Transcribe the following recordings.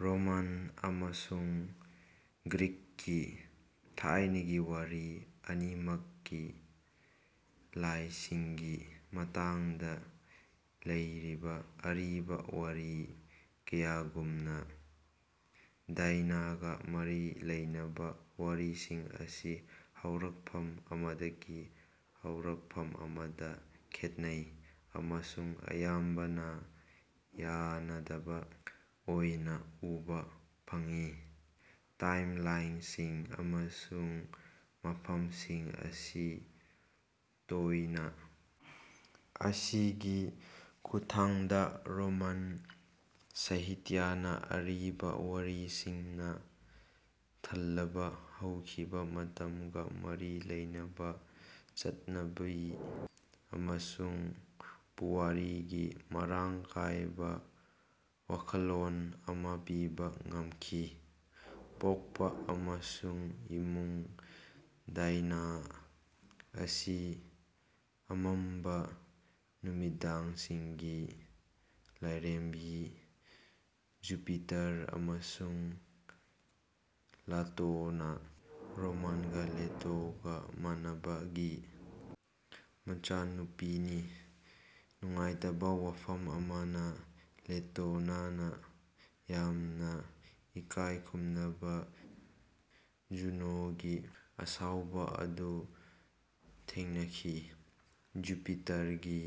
Roman ꯑꯃꯁꯨꯡ ꯒ꯭ꯔꯤꯛꯀꯤ ꯊꯥꯏꯅꯒꯤ ꯋꯥꯔꯤ ꯑꯅꯤꯃꯛꯀꯤ ꯂꯥꯏꯁꯤꯡꯒꯤ ꯃꯇꯥꯡꯗ ꯂꯩꯔꯤꯕ ꯑꯔꯤꯕ ꯋꯥꯔꯤ ꯀꯌꯥꯒꯨꯝꯅ, ꯗꯥꯏꯅꯥꯒ ꯃꯔꯤ ꯂꯩꯅꯕ ꯋꯥꯔꯤꯁꯤꯡ ꯑꯁꯤ ꯍꯧꯔꯛꯐꯝ ꯑꯃꯗꯒꯤ ꯍꯧꯔꯛꯐꯝ ꯑꯃꯗ ꯈꯦꯠꯅꯩ ꯑꯃꯁꯨꯡ ꯑꯌꯥꯝꯕꯅ ꯌꯥꯅꯗꯕ ꯑꯣꯏꯅ ꯎꯕ ꯐꯪꯏ꯫ ꯇꯥꯏꯝꯂꯥꯏꯟꯁꯤꯡ ꯑꯃꯁꯨꯡ ꯃꯐꯝꯁꯤꯡ ꯑꯁꯤ ꯇꯣꯏꯅ ꯑꯁꯤꯒꯤ ꯈꯨꯠꯊꯥꯡꯗ, ꯔꯣꯃꯥꯟ ꯁꯥꯍꯤꯇ꯭ꯌꯥꯅ ꯑꯔꯤꯕ ꯋꯥꯔꯤꯁꯤꯡꯅ ꯊꯜꯂꯕ ꯍꯧꯈꯤꯕ ꯃꯇꯝꯒ ꯃꯔꯤ ꯂꯩꯅꯕ ꯆꯠꯅꯕꯤ ꯑꯃꯁꯨꯡ ꯄꯨꯋꯥꯔꯤꯒꯤ ꯃꯔꯥꯡ ꯀꯥꯏꯕ ꯋꯥꯈꯜꯂꯣꯟ ꯑꯃ ꯄꯤꯕ ꯉꯝꯈꯤ꯫ꯄꯣꯛꯄ ꯑꯃꯁꯨꯡ ꯏꯃꯨꯡ ꯗꯥꯏꯅꯥ ꯑꯁꯤ ꯑꯃꯝꯕ ꯅꯨꯃꯤꯗꯥꯡꯁꯤꯡꯒꯤ ꯂꯥꯏꯔꯦꯝꯕꯤ ꯖꯨꯄꯤꯇꯔ ꯑꯃꯁꯨꯡ ꯂꯥꯇꯣꯅꯥ (ꯔꯣꯃꯥꯟꯒ ꯂꯦꯇꯣꯒ ꯃꯥꯟꯅꯕ)ꯒꯤ ꯃꯆꯥꯅꯨꯄꯤꯅꯤ꯫ ꯅꯨꯡꯉꯥꯏꯇꯕ ꯋꯥꯐꯝ ꯑꯃꯅ, ꯂꯦꯇꯣꯅꯥꯅ ꯌꯥꯝꯅ ꯏꯀꯥꯏ ꯈꯨꯝꯅꯕ ꯖꯨꯅꯣꯒꯤ ꯑꯁꯥꯎꯕ ꯑꯗꯨ ꯊꯦꯡꯅꯈꯤ꯫ ꯖꯨꯄꯤꯇꯔꯒꯤ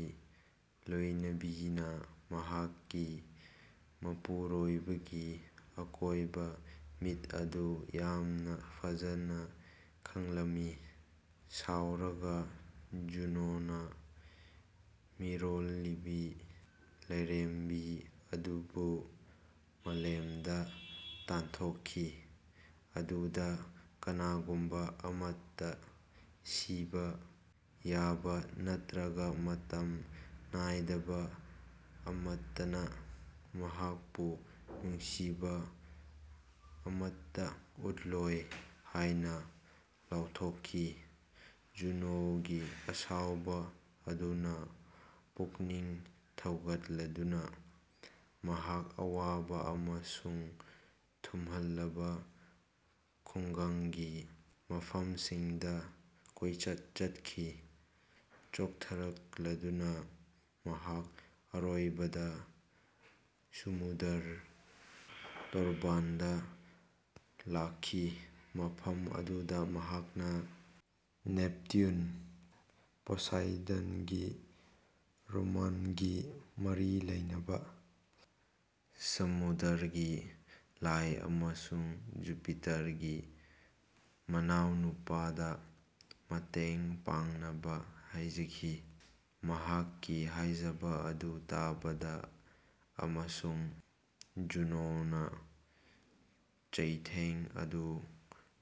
ꯂꯣꯏꯅꯕꯤꯅ ꯃꯍꯥꯛꯀꯤ ꯃꯄꯨꯔꯣꯏꯕꯒꯤ ꯑꯀꯣꯏꯕ ꯃꯤꯠ ꯑꯗꯨ ꯌꯥꯝꯅ ꯐꯖꯅ ꯈꯪꯂꯝꯃꯤ꯫ ꯁꯥꯎꯔꯒ ꯖꯨꯅꯣꯅ ꯃꯤꯔꯣꯜꯂꯤꯕꯤ ꯂꯥꯏꯔꯦꯝꯕꯤ ꯑꯗꯨꯕꯨ ꯃꯂꯦꯝꯗ ꯇꯥꯟꯊꯣꯛꯈꯤ, ꯑꯗꯨꯗ ꯀꯅꯥꯒꯨꯝꯕ ꯑꯃꯠꯇ, ꯁꯤꯕ ꯌꯥꯕ ꯅꯠꯇ꯭ꯔꯒ ꯃꯇꯝ ꯅꯥꯏꯗꯕ ꯑꯃꯠꯇꯅ ꯃꯍꯥꯛꯄꯨ ꯅꯨꯡꯁꯤꯕ ꯑꯃꯠꯇ ꯎꯠꯂꯣꯏ ꯍꯥꯏꯅ ꯂꯥꯎꯊꯣꯛꯈꯤ꯫ ꯖꯨꯅꯣꯒꯤ ꯑꯁꯥꯎꯕ ꯑꯗꯨꯅ ꯄꯨꯛꯅꯤꯡ ꯊꯧꯒꯠꯂꯗꯨꯅ, ꯃꯍꯥꯛ ꯑꯋꯥꯕ ꯑꯃꯁꯨꯡ ꯊꯨꯝꯍꯜꯂꯕ ꯈꯨꯡꯒꯪꯒꯤ ꯃꯐꯝꯁꯤꯡꯗ ꯀꯣꯏꯆꯠ ꯆꯠꯈꯤ꯫ ꯆꯣꯛꯊꯔꯛꯂꯗꯨꯅ, ꯃꯍꯥꯛ ꯑꯔꯣꯏꯕꯗ ꯁꯃꯨꯗ꯭ꯔ ꯇꯣꯔꯕꯥꯟꯗ ꯂꯥꯛꯈꯤ ꯃꯐꯝ ꯑꯗꯨꯗ ꯃꯍꯥꯛꯅ ꯅꯦꯞꯇꯨꯟ (ꯄꯣꯁꯥꯏꯗꯟꯒꯤ ꯔꯣꯃꯥꯟꯒꯤ ꯃꯔꯤ ꯂꯩꯅꯕ), ꯁꯃꯨꯗꯔꯒꯤ ꯂꯥꯏ ꯑꯃꯁꯨꯡ ꯖꯨꯄꯤꯇꯔꯒꯤ ꯃꯅꯥꯎꯅꯨꯄꯥꯗꯥ ꯃꯇꯦꯡ ꯄꯥꯡꯅꯕ ꯍꯥꯏꯖꯈꯤ꯫ ꯃꯍꯥꯛꯀꯤ ꯍꯥꯏꯖꯕ ꯑꯗꯨ ꯇꯥꯕꯗ ꯑꯃꯁꯨꯡ ꯖꯨꯅꯣꯅ ꯆꯩꯊꯦꯡ ꯑꯗꯨ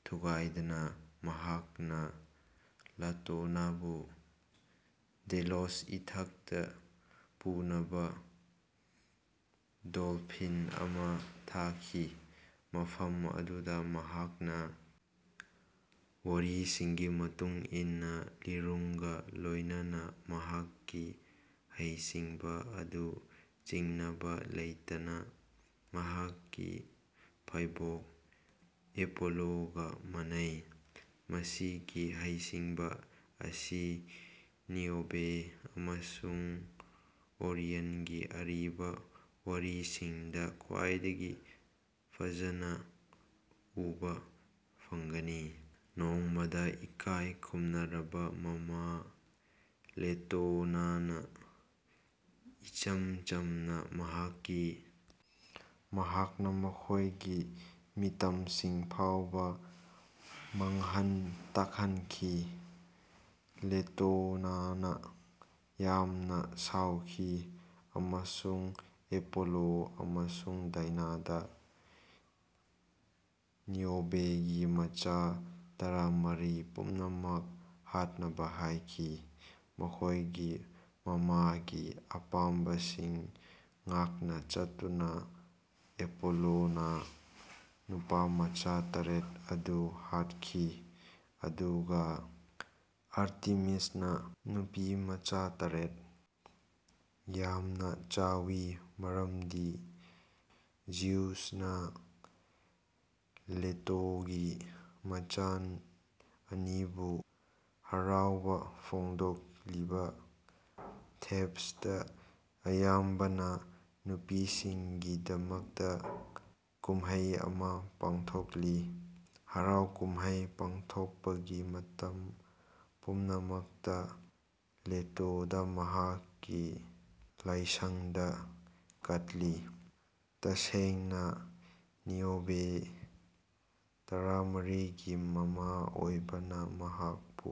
ꯊꯨꯒꯥꯏꯗꯅ, ꯃꯍꯥꯛꯅ ꯂꯥꯇꯣꯅꯥꯕꯨ ꯗꯦꯂꯣꯁ ꯏꯊꯠꯇ ꯄꯨꯅꯕ ꯗꯣꯜꯐꯤꯟ ꯑꯃ ꯊꯥꯈꯤ ꯃꯐꯝ ꯑꯗꯨꯗ ꯃꯍꯥꯛꯅ ꯋꯥꯔꯤꯁꯤꯡꯒꯤ ꯃꯇꯨꯡ ꯏꯟꯅ, ꯂꯤꯔꯨꯡꯒ ꯂꯣꯏꯅꯅ ꯃꯍꯥꯛꯀꯤ ꯍꯩꯁꯤꯡꯕ ꯑꯗꯨ ꯆꯤꯡꯅꯕ ꯂꯩꯇꯅ ꯃꯍꯥꯛꯀꯤ ꯐꯥꯏꯕꯣꯛ ꯑꯦꯄꯣꯂꯣꯒ ꯃꯥꯟꯅꯩ꯫ ꯃꯁꯤꯒꯤ ꯍꯩꯁꯤꯡꯕ ꯑꯁꯤ ꯅꯤꯑꯣꯕꯦ ꯑꯃꯁꯨꯡ ꯑꯣꯔꯤꯌꯟꯒꯤ ꯑꯔꯤꯕ ꯋꯥꯔꯤꯁꯤꯡꯗ ꯈ꯭ꯋꯥꯏꯗꯒꯤ ꯐꯖꯅ ꯎꯕ ꯐꯪꯒꯅꯤ꯫ ꯅꯣꯡꯃꯗ ꯏꯀꯥꯏ ꯈꯨꯝꯅꯔꯕ ꯃꯃꯥ ꯂꯥꯇꯣꯅꯥꯅ ꯏꯆꯝ-ꯆꯝꯅ ꯃꯍꯥꯛꯀꯤ ꯃꯍꯥꯛꯅ ꯃꯈꯣꯏꯒꯤ ꯃꯤꯇꯝꯁꯤꯡ ꯐꯥꯎꯕ ꯃꯥꯡꯍꯟ ꯇꯥꯛꯍꯟꯈꯤ꯫ ꯂꯦꯇꯣꯅꯥꯅ ꯌꯥꯝꯅ ꯁꯥꯎꯈꯤ ꯑꯃꯁꯨꯡ ꯑꯦꯄꯣꯂꯣ ꯑꯃꯁꯨꯡ ꯗꯥꯏꯅꯥꯗ ꯅꯤꯑꯣꯕꯦꯒꯤ ꯃꯆꯥ ꯇꯔꯥꯃꯔꯤ ꯄꯨꯝꯅꯃꯛ ꯍꯥꯠꯅꯕ ꯍꯥꯏꯈꯤ꯫ ꯃꯈꯣꯏꯒꯤ ꯃꯃꯥꯒꯤ ꯑꯄꯥꯝꯕꯁꯤꯡ ꯉꯥꯛꯅ ꯆꯠꯇꯨꯅ ꯑꯦꯄꯣꯂꯣꯅ ꯅꯨꯄꯥꯃꯆꯥ ꯇꯔꯦꯠ ꯑꯗꯨ ꯍꯥꯠꯈꯤ ꯑꯗꯨꯒ ꯑꯥꯔꯇꯦꯃꯤꯁꯅ ꯅꯨꯄꯤꯃꯆꯥ ꯇꯔꯦꯠ ꯌꯥꯝꯅ ꯆꯥꯎꯋꯤ ꯃꯔꯝꯗꯤ ꯖꯤꯎꯁꯅ ꯂꯦꯇꯣꯒꯤ ꯃꯆꯥꯟ ꯑꯅꯤꯕꯨ ꯍꯔꯥꯎꯕ ꯐꯣꯡꯗꯣꯛꯂꯤꯕ ꯊꯦꯕꯁꯇ ꯑꯌꯥꯝꯕꯅ ꯅꯨꯄꯤꯁꯤꯡꯒꯤꯗꯃꯛꯇ ꯀꯨꯝꯍꯩ ꯑꯃ ꯄꯥꯡꯊꯣꯛꯂꯤ꯫ ꯍꯔꯥꯎ-ꯀꯨꯝꯍꯩ ꯄꯥꯡꯊꯣꯛꯄꯒꯤ ꯃꯇꯝ ꯄꯨꯝꯅꯃꯛꯇ, ꯂꯦꯇꯣꯗ ꯃꯍꯥꯛꯀꯤ ꯂꯥꯏꯁꯪꯗ ꯀꯠꯂꯤ꯫ ꯇꯁꯦꯡꯅ, ꯅꯤꯑꯣꯕꯦ, ꯇꯔꯥꯃꯔꯤꯒꯤ ꯃꯃꯥ ꯑꯣꯏꯕꯅ, ꯃꯍꯥꯛꯄꯨ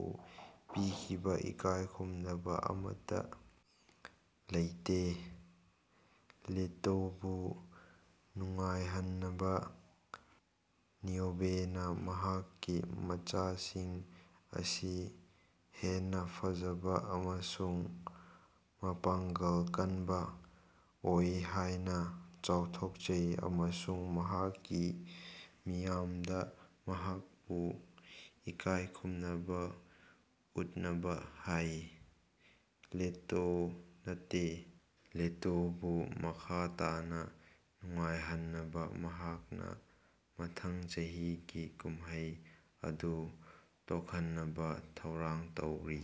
ꯄꯤꯈꯤꯕ ꯏꯀꯥꯏ ꯈꯨꯝꯅꯕ ꯑꯃꯠꯇ ꯂꯩꯇꯦ꯫ ꯂꯦꯇꯣꯕꯨ ꯅꯨꯡꯉꯥꯏꯍꯟꯅꯕ, ꯅꯤꯑꯣꯕꯦꯅ ꯃꯍꯥꯛꯀꯤ ꯃꯆꯥꯁꯤꯡ ꯑꯁꯤ ꯍꯦꯟꯅ ꯐꯖꯕ ꯑꯃꯁꯨꯡ ꯃꯄꯥꯡꯒꯜ ꯀꯟꯕ ꯑꯣꯏ ꯍꯥꯏꯅ ꯆꯥꯎꯊꯣꯛꯆꯩ ꯑꯃꯁꯨꯡ ꯃꯍꯥꯛꯀꯤ ꯃꯤꯌꯥꯝꯗ ꯃꯍꯥꯛꯄꯨ ꯏꯀꯥꯏ ꯈꯨꯝꯅꯕ ꯎꯠꯅꯕ ꯍꯥꯏ, ꯂꯦꯇꯣ ꯅꯠꯇꯦ꯫ ꯂꯦꯇꯣꯕꯨ ꯃꯈꯥ ꯇꯥꯅ ꯅꯨꯡꯉꯥꯏꯍꯟꯅꯕ ꯃꯍꯥꯛꯅ ꯃꯊꯪ ꯆꯍꯤꯒꯤ ꯀꯨꯝꯍꯩ ꯑꯗꯨ ꯇꯣꯛꯍꯟꯅꯕ ꯊꯧꯔꯥꯡ ꯇꯧꯔꯤ꯫